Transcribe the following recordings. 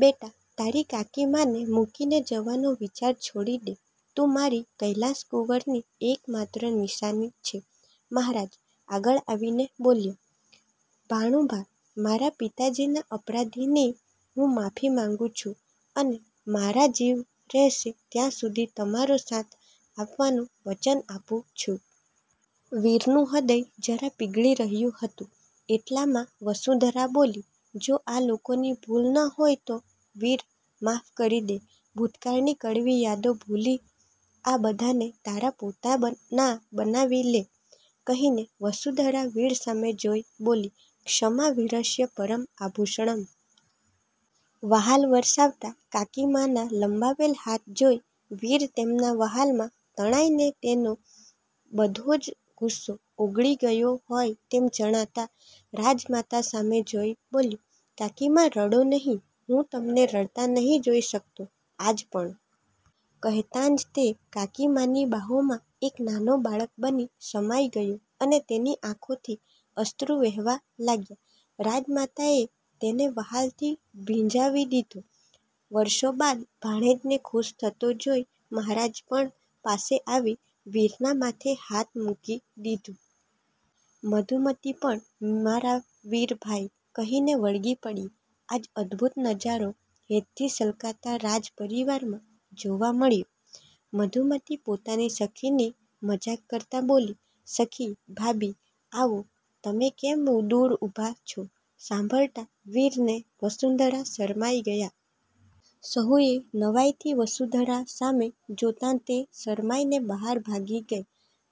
બેટા તારી કાકીમાને મૂકીને જવાનો વિચાર છોડી દે. તું મારી કૈલાસકુંવરની એકમાત્ર નિશાની છે.." મહારાજ આગળ આવીને બોલ્યાં,"ભાણુભા મારાં પિતાજીના અપરાધની હું માફી માગુ છું. અને મારો જીવ રહેશે ત્યાં સુધી તમારો સાથ આપવાનું વચન આપું છું." વીરનું હ્નદય જરા પીગળી રહ્યુ હતું, એટલામાં વસુંધરા બોલી,"જો આ લોકોની ભૂલ ન હોય તો વીર માફ કરી દે, ભૂતકાળની કડવી યાદો ભૂલી આ બધાને તારા પોતાનાં બનાવી લે." કહીને વસુંધરા વીર સામે જોઈ બોલી,"ક્ષમા વિરસ્ય પરમ આભુષણમ." વહાલ વરસાવતા કાકીમાંના લંબાવેલ હાથ જોઈ વીર તેમનાં વ્હાલમાં તણાઈને તેનો બધો જ ગુસ્સો ઓગળી ગયો હોય તેમ જણાતાં રાજમાતા સામું જોઈ બોલ્યો,"કાકીમા રડો નહીં, હું તમને રડતાં નથી જોઈ શકતો આજ પણ. " કહેતાં જ તે કાકીમાની બાહોમાં એક નાનો બાળક બની સમાઈ ગયો અને તેની આંખોથી અશ્રૂ વહેવા લાગ્યાં. રાજમાતાએ તેને વ્હાલથી ભીંજવી દીધો. વરસો બાદ ભાણેજને ખુશ થતો જોઈ મહારાજે પણ પાસે આવી વીરનાં માથે હાથ મૂકી દીધો. મધુમતી પણ "મારાં વીર ભાઈ" કહીને વળગી પડી. આજ અદભુત નજારો હેતથી છલકતાં રાજ પરિવારમાં જોવા મળ્યો. મધુમતી પોતાની સખીની મજાક કરતાં બોલી,"સખી ભાભી આવો તમે કેમ દુર ઊભાં છો." સાંભળતાં વીર ને વસુંધરા શરમાઈ ગયાં. સહુએ નવાઈથી વસુંધરા સામું જોતાં તે શરમાઈને બહાર ભાગી ગઈ.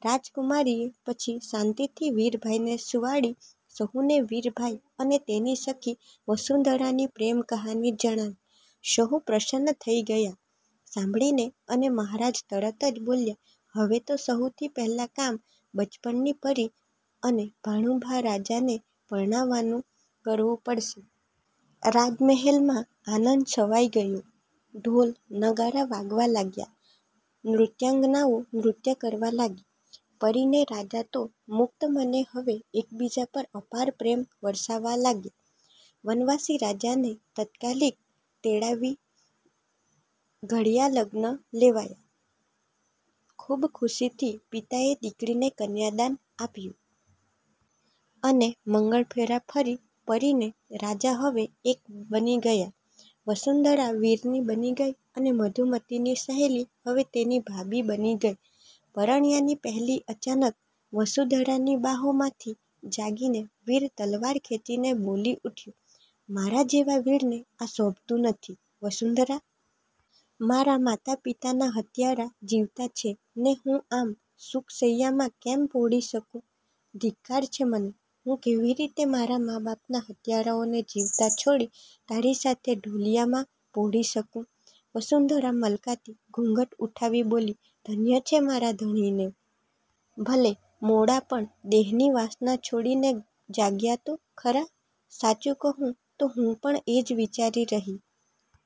રાજકુમારીએ પછી શાંતિથી વીરભાઈને સુવાડી સહુને વીરભાઈ અને તેની સખી વસુંધરાની પ્રેમકહાની જણાવી. સહુ પ્રસન્ન થઈ ગયાં સાંભળીને અને મહારાજ તરત જ બોલ્યાં,"હવે તો સહુથી પહેલું કામ બચપણની પરી અને ભાણુભા રાજાને પરણવાનું કરવું પડશે." રાજ મહેલમાં આનંદ છવાઈ ગયો ઢોલ, નગારાં વાગવા લાગ્યાં. નૃત્યાંગનાઓ નૃત્ય કરવા લાગી. પરીને રાજા તો મુકત મને હવે એકબીજા પર અપાર પ્રેમ વરસવા લાગ્યાં. વનવાસી રાજાને તાત્કાલિક તેડાવી ઘડિયા લગ્ન લેવાયા. ખુબ ખુશીથી પિતાએ દીકરીને કન્યાદાન આપ્યું. અને મંગળફેરા ફરી પરીને રાજા હવે એક બની ગયાં. વસુંધરા વીરની બની ગઈ અને મધુમતીની સહેલી હવે તેની ભાભી બની ગઈ. પરણ્યાની પહેલી અચાનક વસુંધરાની બાંહોમાંથી જાગીને વીર તલવાર ખેંચીને બોલી ઉઠ્યો,"મારાં જેવાં વીરને આ શોભતું નથી વસુંધરા! મારાં માતા પિતાનાં હત્યારા જીવતાં છે ને હું આમ સુખ શૈયામાં કેમ પોઢી શકૂં? ધિક્કાર છે મને! હું કેવી રીતે મારાં મા બાપના હત્યારાઓને જીવતાં છોડી તારી સાથે ઢોલિયામાં પોઢી શકૂં?" વસુંધરા મલકાતી ઘૂંઘટ ઉઠાવી બોલી,"ધન્ય છે મારાં ધણીને! ભલે મોડા પણ દેહની વાસના છોડીને જાગ્યા તો ખરાં. સાચું કહું તો હું પણ એ જ વિચારી રહી